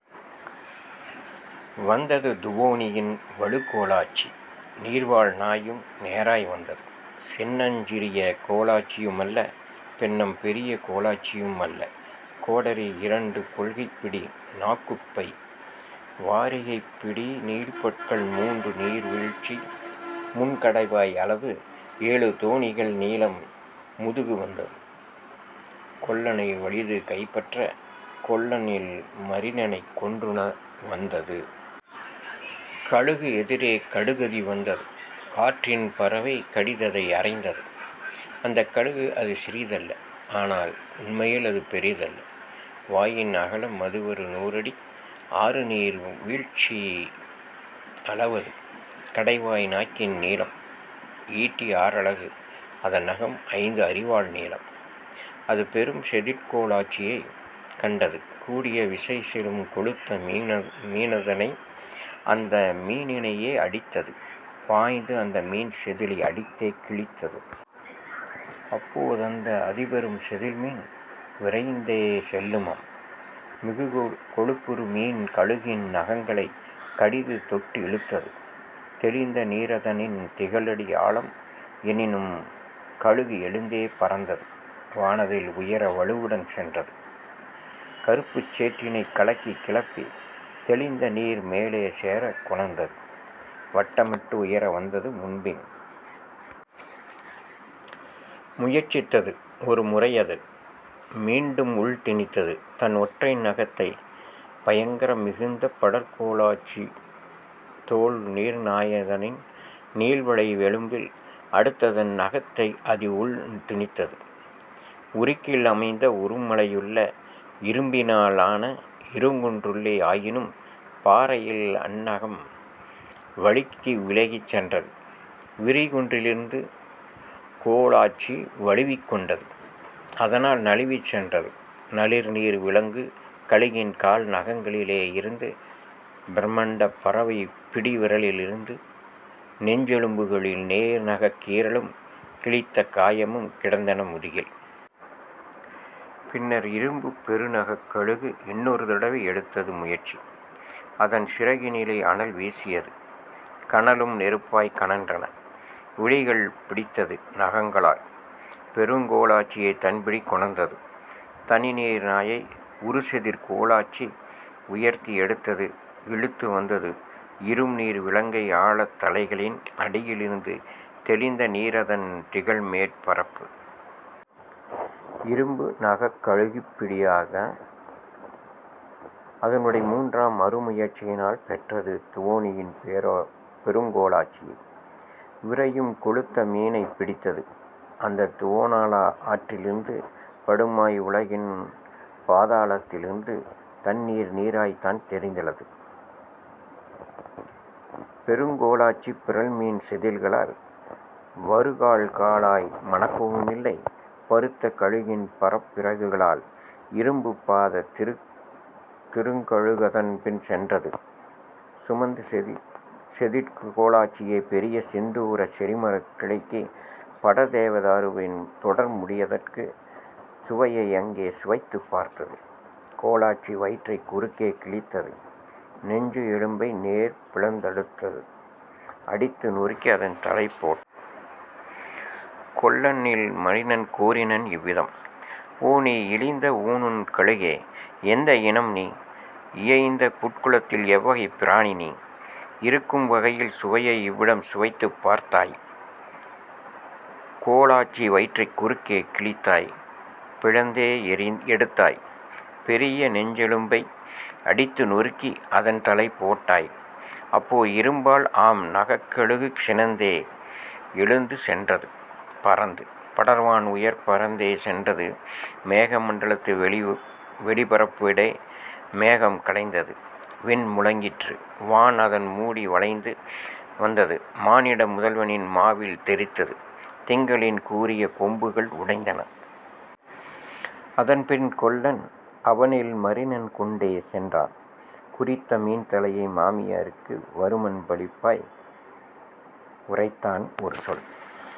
வந்தது துவோனியின் வலுக்கோலாச்சி நீர்வாழ் நாயும் நேராய் வந்தது சின்னஞ் சிறியகோலாச்சியு மல்ல பென்னம் பெரியகோலாச்சியு மல்ல கோடரி இரண்டு கொள்கைப்பிடி நாக்குப்பை வாரிகைப் பிடிநீள் பற்கள் மூன்றுநீர் வீழ்ச்சிமுன் கடைவாய் அளவு ஏழு தோணிகள் நீளம் முதுகு வந்தது கொல்லனை வலிதுகைப்பற்ற கொல்லன்இல் மரினனைக் கொன்றுண வந்தது. கழுகு எதிரே கடுகதி வந்தது காற்றின் பறவை கடிததை அறைந்தது அந்தக் கழுகு அதுசிறி தல்ல ஆனால் உண்மையில் அதுபெரி தல்ல வாயின் அகல மதுவறு நூறடி ஆறுநீர் வீழ்ச்சி அளவது கடைவாய் நாக்கின் நீளம் ஈட்டிஆ றலகு அதன்நகம் ஐந்து அரிவாள் நீளம்; அதுபெரும் செதிற்கோலாச்சியைக் கண்டது கூடிய விசைசெலும் கொழுத்த மீனதனை அந்தமீனினையே அடித்தது பாய்ந்து அந்தமீன் செதிலை அடித்தே கிழித்தது. அப்போ தந்த அதிபெரும் செதில்மீன் விரைந்தே செல்லுமம் மிகுகொழுப்புறுமீன் கழுகின் நகங்களைக் கடிதுதொட்டிழுத்தது தெளிந்தநீ ரதனின் திகழடி ஆழம் என்னினும் கழுகு எழுந்தே பறந்தது வானதில் உயர வலுவுடன் சென்றது கறுப்புச் சேற்றினைக் கலக்கிக் கிளப்பி தெளிந்தநீர் மேலே சேரக் கொணர்ந்தது. வட்டமிட்டுயர வந்தது முன்பின் முயற்சித்தது ஒருமுறையது மீண்டும் உள்திணித்தது தன்ஒற்றை நகத்தை பயங்கர மிகுந்த படர்கோலாச்சிதோள் நீர்நாயதனின் நீள்வளை வெலும்பில் அடுத்ததன் நகத்தை அதிஉள் திணித்தது உருக்கில் அமைந்த உறும்மலையுள்ளே இரும்பினால் ஆன இருங்குன்றுள்ளே ஆயினும் பாறையில் அந்நகம் வழுக்கி விலகிச் சென்றது விரிகுன்றிருந்து கோலாச்சி வழுவிக் கொண்டது அதனால் நழுவிச் சென்றது நளிர்நீர் விலங்கு கழுகின் கால்நகங்களிலே யிருந்து பிரமண்டப் பறவைப் பிடிவிரலிருந்து நெஞ்செலும்புகளில் நேர்நகக் கீறலும் கிழித்த காயமும் கிடந்தன முதுகில். பின்னர் இரும்புப் பெருநகக்கழுகு இன்னொரு தடவை எடுத்தது முயற்சி அதன்சிறகினிலே அனல்வீசியது கனலும் நெருப்பாய்க் கனன்றன விழிகள் பிடித்தது நகங்களால் பெருங்கோலாச்சியை தன்பிடிக் கொணர்ந்தது தனிநீர் நாயை உறுசெதிர்கோலாச்சி உயர்த்தி எடுத்தது இழுத்து வந்தது இரும்நீர் விலங்கை ஆழத் தலைகளின் அடியிலிருந்து தெளிந்த நீரதன் திகழ்மேற்ப பரப்பு. இரும்பு நகக்கழு கிப்படி யாக அதனுடை மூன்றாம் அருமுயற் சியினால் பெற்றது துவோனியின் பெருங்கோலாச்சியை விரையும் கொழுத்த மீனைப் பிடித்தது அந்தத் துவோனலா ஆற்றிலிருந்து படுமாய் வுலகின் பாதளத்திலிருந்து தண்ணீர் நீராய்த் தான்தெரிந்திலது பெருங்கோலாச்சிப் பிறழ்மீன் செதில்களால் வருகால்காலாய் மணக்கவுமில்லை பருத்த கழுகின் பறப்பிறகுகளால். இரும்புப் பாதத் திருங்கழு கதன்பின் சென்றது சுமந்து செதிற்கோலாச்சியை பெரியசிந்தூரச் செறிமரக்கிளைக்கு படர்தேவ தாருவின் தொடர்முடியதற்கு சுவையை அங்கே சுவைத்துப் பார்த்தது கோலாச்சி வயிற்றைக் குறுக்கே கிழித்தது நெஞ்சு எலும்பை நேர்பிளந்தடுத்தது அடித்து நொருக்கி அதன்தலை போட்டது. கொல்லன்இல் மரினன் கூறினன் இவ்விதம்: ஓ நீ இழிந்த ஊனுண்கழுகே எந்த இனம்நீ இயைந்தபுட்குலத்தில் எவ்வகைப் பிராணிநீ இருக்கும் வகையில் சுவையை இவ்விடம் சுவைத்துப் பார்த்தாய் கோலாச்சி வயிற்றைக் குறுக்கே கிழித்தாய் பிளந்தே எடுத்தாய் பெரியநெஞ்செலும்பை அடித்து நொருக்கி அதன்தலை போட்டாய். அப்போ இரும்பால் ஆம்நகக்கழுகு சினந்தே எழுந்து சென்றது பறந்து படர்வான் உயரப் பறந்தே சென்றது மேகமண்டலத்து வெளிபரப்புடே மேகம் கலைந்தது விண்முழங்கிற்று வான்அதன் மூடி வளைந்து வந்தது மானிட முதல்வனின் மாவில் தெறித்தது திங்களின் கூரிய கொம்புகள் உடைந்தன. அதன்பின் கொல்லன் அவன்இல் மரினன் கொண்டே சென்றான் குறித்தமீன் தலையை மாமியாருக்கு வருமன் பளிப்பாய் உரைத்தான் ஒருசொல்